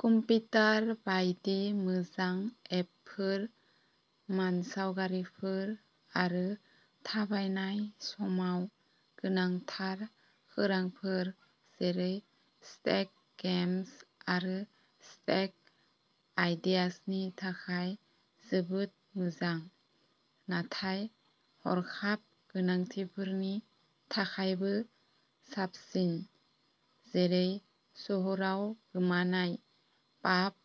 Computer बायदि मोजां एपफोर, मानसावगारिफोर आरो थाबायनाय समाव गोनांथार खौरांफोर जेरै स्टेग गेम्स आरो स्टेग आइडियाजनि थाखाय जोबोद मोजां। नाथाय हरखाब गोनांथिफोरनि थाखायबो साबसिन, जेरै सोहोराव गोमानाय, पाब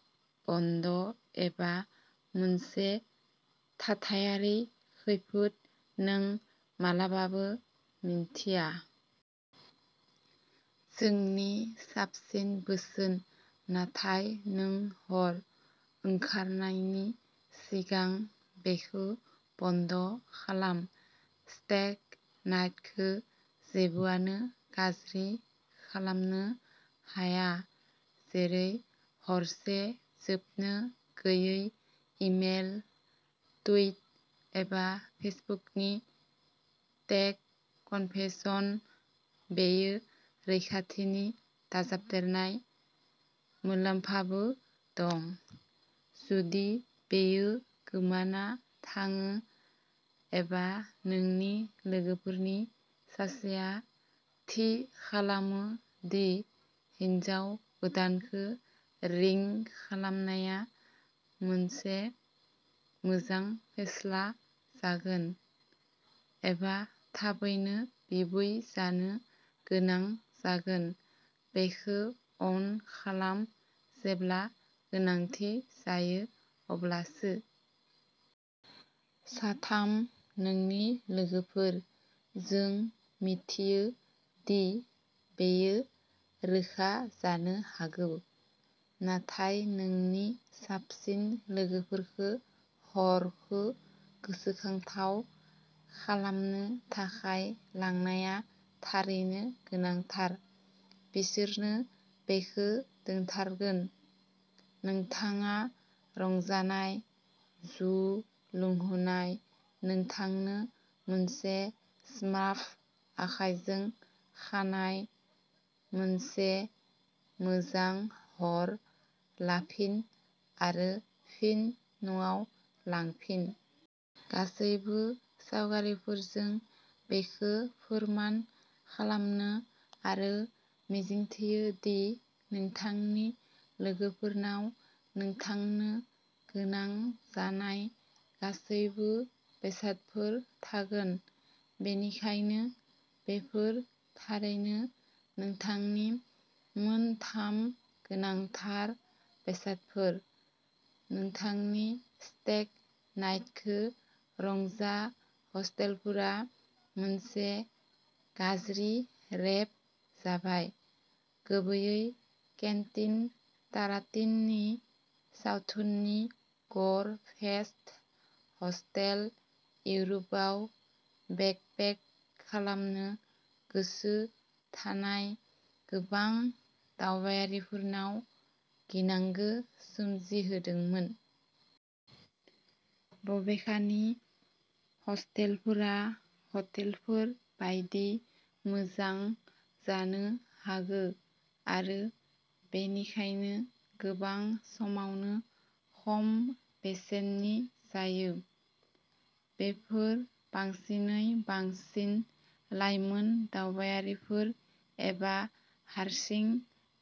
बन्द एबा मोनसे थाथायारि खैफोद नों माब्लाबाबो मिन्थिया। जोंनि साबसिन बोसोन, नाथाय नों हर ओंखारनायनि सिगां बेखौ बन्द खालाम। स्टेग नाइटखौ जेबोआनो गाज्रि खालामनो हाया जेरै हरसे जोबनो गैयै इमेल, टुइट एबा फेसबुकनि टेक कनभेनसन बेयो रैखाथिनि दाजाबदेरनाय मुलाम्फाबो दं, जुदि बेयो गोमाना थाङो एबा नोंनि लोगोफोरनि सासेया थि खालामो दि हिनजाव गोदानखौ रिं खालामनाया मोनसे मोजां फेस्ला जागोन, एबा थाबैनो बिबै जानो गोनां जागोन बेखौ अन खालाम, जेब्ला गोनांथि जायो अब्लासो। साथाम नोंनि लोगोफोर। जों मिथियो दि बेयो रोखा जानो हागौ, नाथाय नोंनि साबसिन लोगोफोरखौ हरखौ गोसोखांथाव खालामनो थाखाय लांनाया थारैनो गोनांथार। बिसोरनो बेखौ दोनथारगोन। नोंथाङा रंजानाय, जौ लोंहोनाय, नोंथांनो मोनसे स्मार्फ आखायजों खानाय, मोनसे मोजां हर लाफिन आरो फिन न'आव लांफिन। गासैबो सावगारिफोरजों बेखौ फोरमान खालामनो आरो मिजिंथियो दि नोंथांनि लोगोफोरनाव नोंथांनो गोनां जानाय गासैबो बेसादफोर थागोन। बेनिखायनो, बेफोर थारैनो नोंथांनि मोन थाम गोनांथार बेसादफोर, नोंथांनि स्टेग नाइटखौ रंजा हस्टेलफोरा मोनसे गाज्रि रेप जाबाय, गुबैयै केन्टिन टारान्टिन'नि सावथुननि गर फेस्ट, हस्टेल, इउर'पआव बेकपेक खालामनो गोसो थानाय गोबां दावबायारिफोरनाव गिनांगौ सोमजिहोदोंमोन। बबेखानि, हस्टेलफोरा ह'टेलफोर बायदि मोजां जानो हागौ आरो बेनिखायनो गोबां समावनो खम बेसेननि जायो। बेफोर बांसिनै बांसिन लाइमोन दावबायारिफोर एबा हारसिं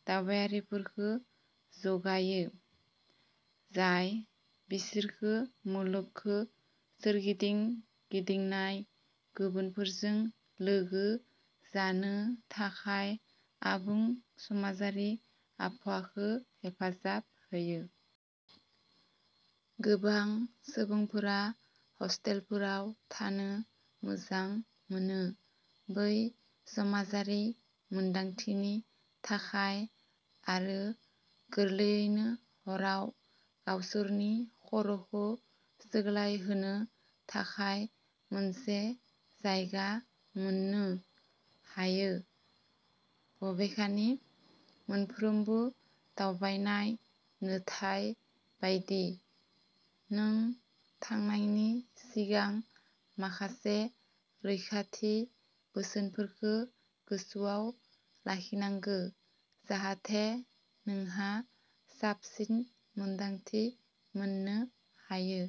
दावबायारिफोरखौ जगायो, जाय बिसोरखौ मुलुगखौ सोरगिदिं गिदिंनाय गुबुनफोरजों लोगो जानो थाखाय आबुं समाजारि आबहावाखौ हेफाजाब होयो। गोबां सुबुंफोरा हस्टेलफोराव थानो मोजां मोनो बै समाजारि मोनदांथिनि थाखाय आरो गोरलैयैनो हराव गावसोरनि खर'खौ सुग्लायहोनो थाखाय मोनसे जायगा मोननो हायो। बबेखानि, मोनफ्रोमबो दावबायनाय नुथाय बायदि, नों थानायनि सिगां माखासे रैखाथि बोसोनफोरखौ गोसोआव लाखिनांगौ, जाहाथे नोंहा साबसिन मोनदांथि मोननो हायो।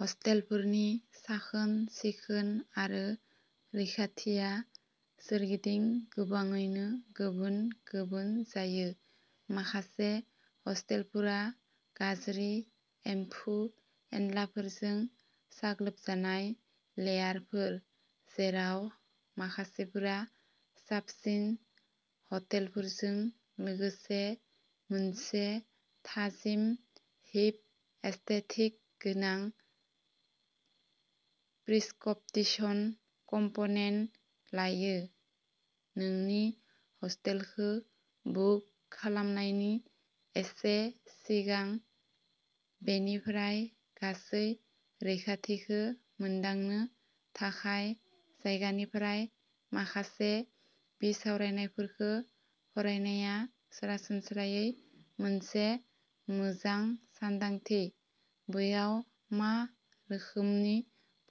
हस्टेलफोरनि साखोन-सिखोन आरो रैखाथिआ सोरगिदिं गोबाङैनो गुबुन गुबुन जायो। माखासे हस्टेलफोरा गाज्रि एमफौ एनलाफोरजों साग्लोबजानाय लेयारफोर, जेराव माखासेफोरा साबसिन हटेलफोरजों लोगोसे मोनसे थाजिम हिप एस्थेटिक गोनां प्रिस्कपटिसन कम्प'नेन लायो। नोंनि हस्टेलखौ बुक खालामनायनि एसे सिगां, बेनिफ्राय गासै रैखाथिखौ मोनदांनो थाखाय जायगानिफ्राय माखासे बिसावरायनायफोरखौ फरायनाया सरासनस्रायै मोनसे मोजां सानदांथि, बैयाव मा रोखोमनि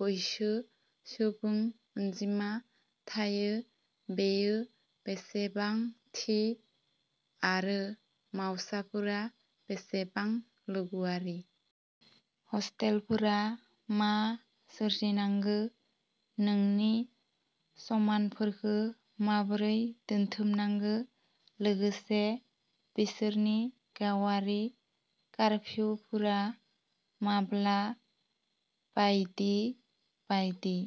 बैसो सुबुं अनजिमा थायो, बेयो बेसेबां थि, आरो मावसाफोरा बेसेबां लोगोआरि। हस्टेलफोरा मा सोरजिनांगौ, नोंनि समानफोरखौ माबोरै दोनथुमनांगौ, लोगोसे बिसोरनि गावारि कारफिउफोरा माब्ला बायदि बायदि।